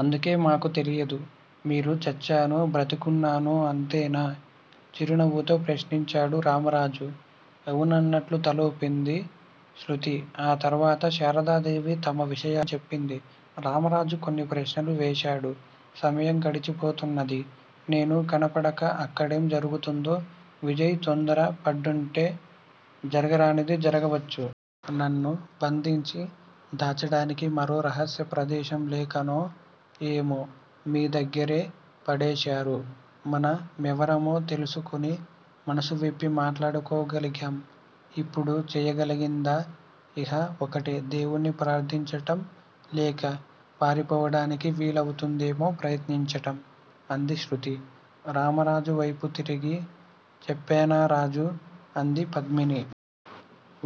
అందుకే మాకు తెలియలేదు, మీరు చచ్చానో బతికున్నానో అంతేనా? చిరునవ్వుతో ప్రశ్నించాడు రామరాజు. అవునన్నట్లు తలవూపింది శృతి ఆ తర్వాత శారదాదేవి తమ విషయాలు చెప్పింది. రామరాజు కొన్ని ప్రశ్నలు వేశాడు. సమయం గడిచిపోతున్నది. నేను కనపడక అక్కడేం జరుగుతుందో? విజయ్ తొందర పడ్డడంటే జరగరానిది జరగవచ్చు. నన్ను బంధించి దాచడానికి మరో రహస్య ప్రదేశం లేకనో ఏమో మీదగ్గరే పడేశారు. మన మెవరమో తెలుసుకుని మనసువిప్పి మాట్లాడుకోగలిగాం. ఇప్పుడు చేయగలిగిందా ఇహ ఒకటే. దేవుణ్ణి ప్రార్దించటం, లేక పారిపోవటానికి వీలవుతుందేమో ప్రయత్నించటం అంది శృతి. రామరాజు వేపు తిరిగి చెప్పనారాజూ? అంది పద్మిని.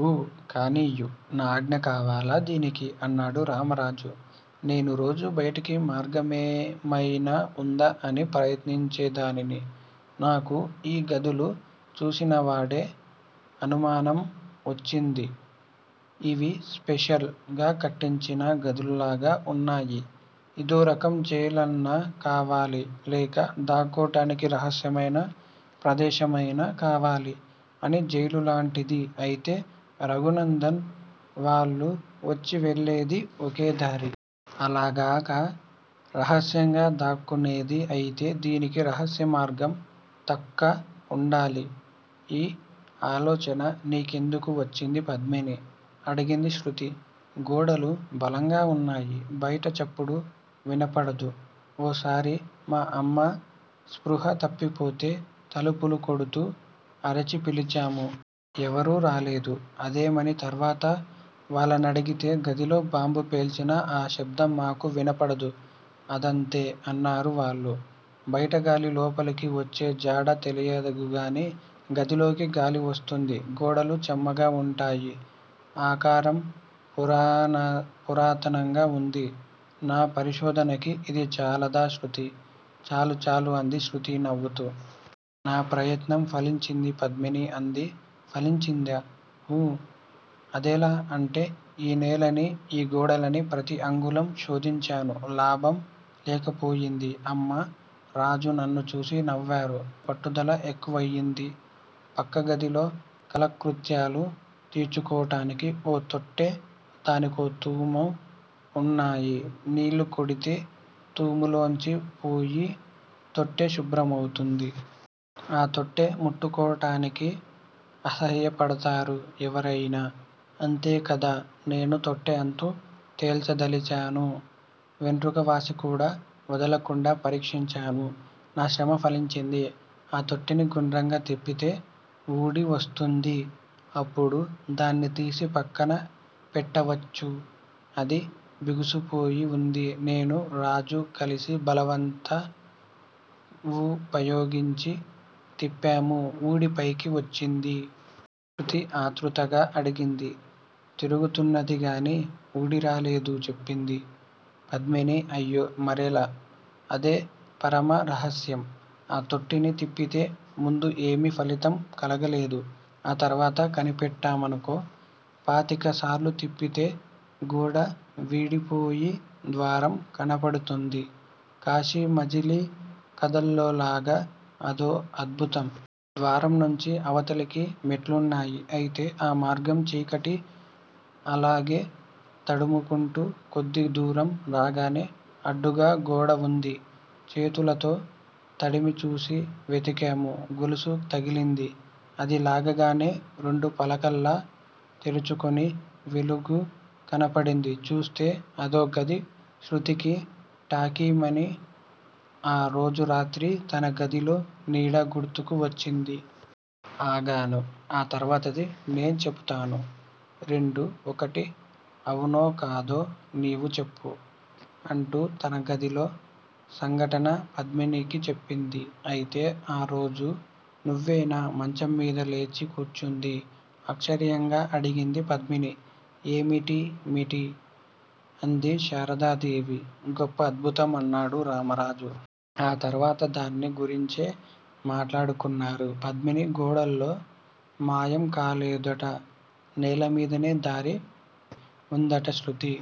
ఊ కానియ్యి. నా ఆజ్ఞ కావాలా దీనికి? అన్నాడు రామరాజు. నేను రోజూ బైటకి మార్గమేమయినా వుందా అని ప్రయత్నించేదానిని. నాకు ఈ గదులు చూసినవాడే అనుమానం వచ్చింది. ఇవి స్పెషల్ గా కట్టించిన గదులలాగా వున్నాయి. ఇదోరకంజైలన్నా కావాలి లేక దాక్కోటానికి రహస్యమైన ప్రదేశమైనా కావాలి అని జైలు లాంటిది అయితే రఘునందన్ వాళ్ళు వచ్చి వెళ్ళేది ఒకేదారి. అలాగాక రహస్యంగా దాక్కునేది అయితే దీనికి రహస్య మార్గం తక్క వుండాలి ఈ ఆలోచన నీ కెందుకు వచ్చింది పద్మినీ! అడిగింది శృతి. గోడలు బలంగా వున్నాయి. బైట చప్పుడు వినపడదు ఓ సారి మా అమ్మ స్పృహ తప్పిపోతే తలుపులు కొడుతూ అరచి పిలిచాము. ఎవరూ రాలేదు. అదేమని తర్వాత వాళ్ళనడిగితే గదిలో బాంబు పేల్చినా ఆ శబ్దం మాకు వినపడదు అదంతే అన్నారు వాళ్ళు. బైటగాలి లోపలికి వచ్చేజాడ తెలియదుగాని గదిలోకి గాలివస్తుంది. గోడలు చెమ్మగా వుంటాయి. ఆకారం పురాతనంగా వుంది. నా పరిశోధనకి ఇది చాలాదా శృతీ. చాలు చాలు అంది శృతి నవ్వుతూ! నా ప్రయత్నం ఫలించింది. పద్మిని అంది. ఫలించిందా? ఊ అదెలా అంటే ఈ నేలని, ఈ గోడలని ప్రతి అంగుళం శోధించాను. లాభం లేకపోయింది. అమ్మ, రాజు నన్నుచూసి నవ్వారు. నాలో పట్టుదల ఎక్కువయింది. పక్కగదిలో కాలకృత్యాలు తీర్చుకోటానికి ఓ తొట్టె, దానికో తూము వున్నాయి నీళ్ళు కొడితే తూములోంచి పోయి తొట్టె శుభ్రం అవుతుంది. ఆ తొట్టె ముట్టుకోటానికి అసహ్యపడతారు ఎవరయినా, అంతేకదా నేనా తొట్టె అంతు తెల్చదలిచాను. వెంట్రుకవాసికూడా వదలకుండా పరీక్షించాను. నా శ్రమ ఫలించింది. ఆ తొట్టెని గుండ్రంగా తిప్పితే వూడివస్తుంది. అప్పుడు దాన్ని తీసి పక్కన పెట్టవచ్చు అది బిగుసుపోయి వుంది. నేను రాజు కలసి బలమంతా వుపయోగించి తిప్పాము ఊడి పైకి వచ్చిందా! శృతి ఆతృతగా అడిగింది. తిరుగుతున్నది గాని వూడిరాలేదు చెప్పింది పద్మిని. అయ్యో, మరెలా? అదే పరమ రహస్యం. ఆ తొట్టెని తిప్పితే ముందు ఏమీ ఫలితం కలగలేదు. తర్వాత కనిపెట్టామనుకో, పాతిక సార్లు తిప్పితే గోడ విడిపోయి ద్వారం కనబడుతుంది. కాశీమజిలీ కథల్లోలాగా అదో అద్భుతం. ద్వారం నుంచి అవతలికి మెట్లున్నాయి. అయితే ఆ మార్గం చీకటి. అలాగే తడుముకుంటూ కొద్దిదూరం రాగానే అడ్డుగా గోడవుంది. చేతులతో తడిమిచూసి వెతికాము. గొలుసు తగిలింది. అది లాగగానే రెండు పలకల్లా తెరుచుకుని వెలుగు కనపడింది. చూస్తె అదో గది శృతికి టాకీమని ఆ రోజు రాత్రి తన గదిలో నీడ గుర్తుకు వచ్చింది. ఆగాగు. ఆ తర్వాతది నే చెపుతాను, రెండూ ఒకటి అవునోకాదో నీవు చెప్పు. అంటూ తన గదిలో సంఘటన పద్మినికి చెప్పింది. అయితే, ఆ రోజు నువ్వేనా మంచంమీద లేచి కూర్చుంది? ఆశ్చర్యంగా అడిగింది పద్మిని. ఏమిటీమిటీ? అంది శారదాదేవి. గొప్ప అద్భుతం. అన్నాడు రామరాజు. ఆ తర్వాత దాన్ని గురించే మాట్లాడుకున్నారు. పద్మిని గోడలో మాయం కాలేదుట. నేలమీదనే దారి వుందిట. శృతి